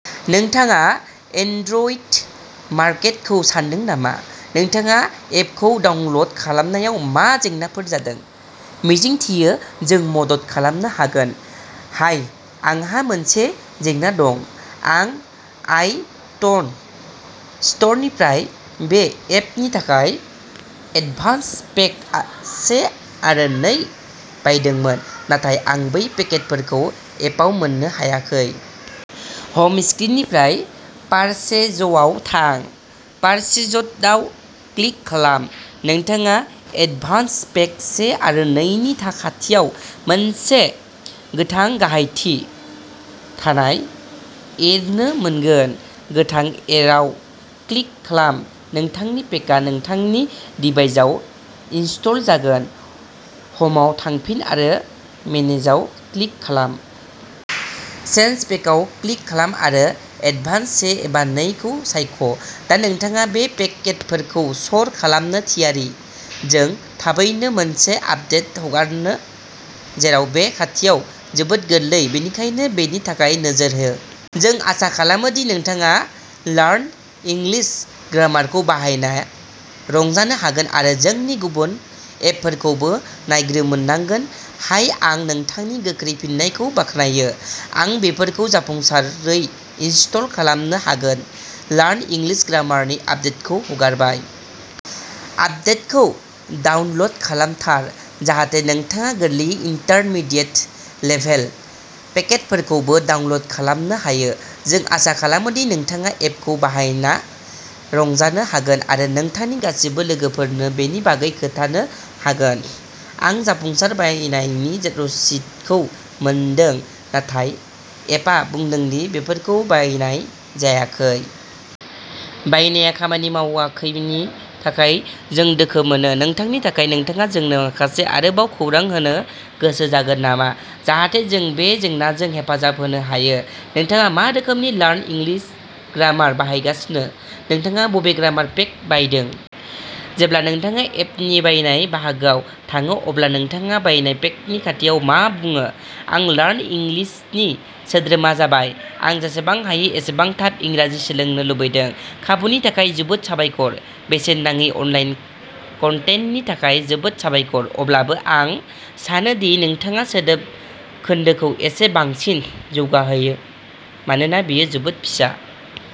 नोंथाङा एन्ड्रइड मार्केटखौ सान्दों नामा? नोंथाङा एपखौ डाउनल'ड खालामनायाव मा जेंनाफोर जादों? मिजिंथियो जों मदद खालामनो हागोन! हाय, आंहा मोनसे जेंना दं। आं आइ ट्यन स्ट'रनिफ्राय बे एपनि थाखाय एडभान्स पेक से आरो नै बायदोंमोन, नाथाय आं बै पेकफोरखौ एपआव मोननो हायाखै। हम स्क्रिननिफ्राय पारचेजआव थां। पारचेजडआव क्लिक खालाम। नोंथाङा एडभान्स पेक से आरो नै नि खाथियाव मोनसे गोथां गाहायथिं थानाय एर' नुनो मोनगोन। गोथां एर'आव क्लिक खालाम नोंथांनि पेकआ नोंथांनि दिभाइसआव इनस्टल जागोन। हमआव थांफिन आरो मेनेजाव क्लिक खालाम। चेन्ज पेकआव क्लिक खालाम आरो एडभान्स से एबा नै खौ सायख'। दा नोंथाङा बे पेकेटफोरखौ सर' खालामनो थियारि! जों थाबैनो मोनसे आपदेट हगारगोन जेराव बे खान्थिया जोबोद गोरलै, बेनिखायनो बेनि थाखाय नोजोर हो! जों आसा खालामो दि नोंथाङा लार्न इंलिश ग्रामारखौ बाहायना रंजानो हागोन आरो जोंनि गुबुन एपफोरखौबो नायग्रोमनांगोन। हाय, आं नोंथांनि गोख्रै फिननायखौ बाख्नायो। आं बेफोरखौ जाफुंसारै इनस्टल खालामनो हागोन! लार्न इंलिश ग्रामारनि आपदेटखौ हगारबाय! आपदेटखौ डाउनल'ड खालामथार जाहाथे नोंथाङा गोरलैयै इन्टारमिडियेत लेभेल पेकफोरखौबो डाउनल'ड खालामनो हायो। जों आसा खालामो दि नोंथाङा एपखौ बाहायना रंजानो हागोन आरो नोंथांनि गासिबो लोगोफोरनो बेनि बागै खोन्थानो हागोन! आं जाफुंसार बायनायनि रसिदखौ मोनदों, नाथाय एपआ बुङोदि बेफोरखौ बायनाय जायाखै। बायनाया खामानि मावाखैनि थाखाय जों दुखु मोनो। नोंथांनि थाखाय। नोंथाङा जोंनो माखासे आरोबाव खौरां होनो गोसो जागोन नामा जाहाथे जों बे जेंनाजों हेफाजाब होनो हायो? नोंथाङा मा रोखोमनि लार्न इंग्लिश ग्रामार बाहायगासिनो? नोंथाङा बबे ग्रामार पेक बायदों? जेब्ला नोंथाङा एपनि बायनाय बाहागोआव थाङो, अब्ला नोंथाङा बायनाय पेकनि खाथियाव मा बुङो? आं लार्न इंग्लिशनि सोद्रोमा जाबाय। आं जेसेबां हायो एसेबां थाब इंराजि सोलोंनो लुबैदों। खाबुनि थाखाय जोबोद साबायखर। बेसेन नाङै अनलाइन कन्टेन्टनि थाखाय जोबोद साबायखर, अब्लाबो आं सानो दि नोंथाङा सोदोब खोन्दोखौ एसे बांसिन जौगाहोयो मानोना बेयो जोबोद फिसा।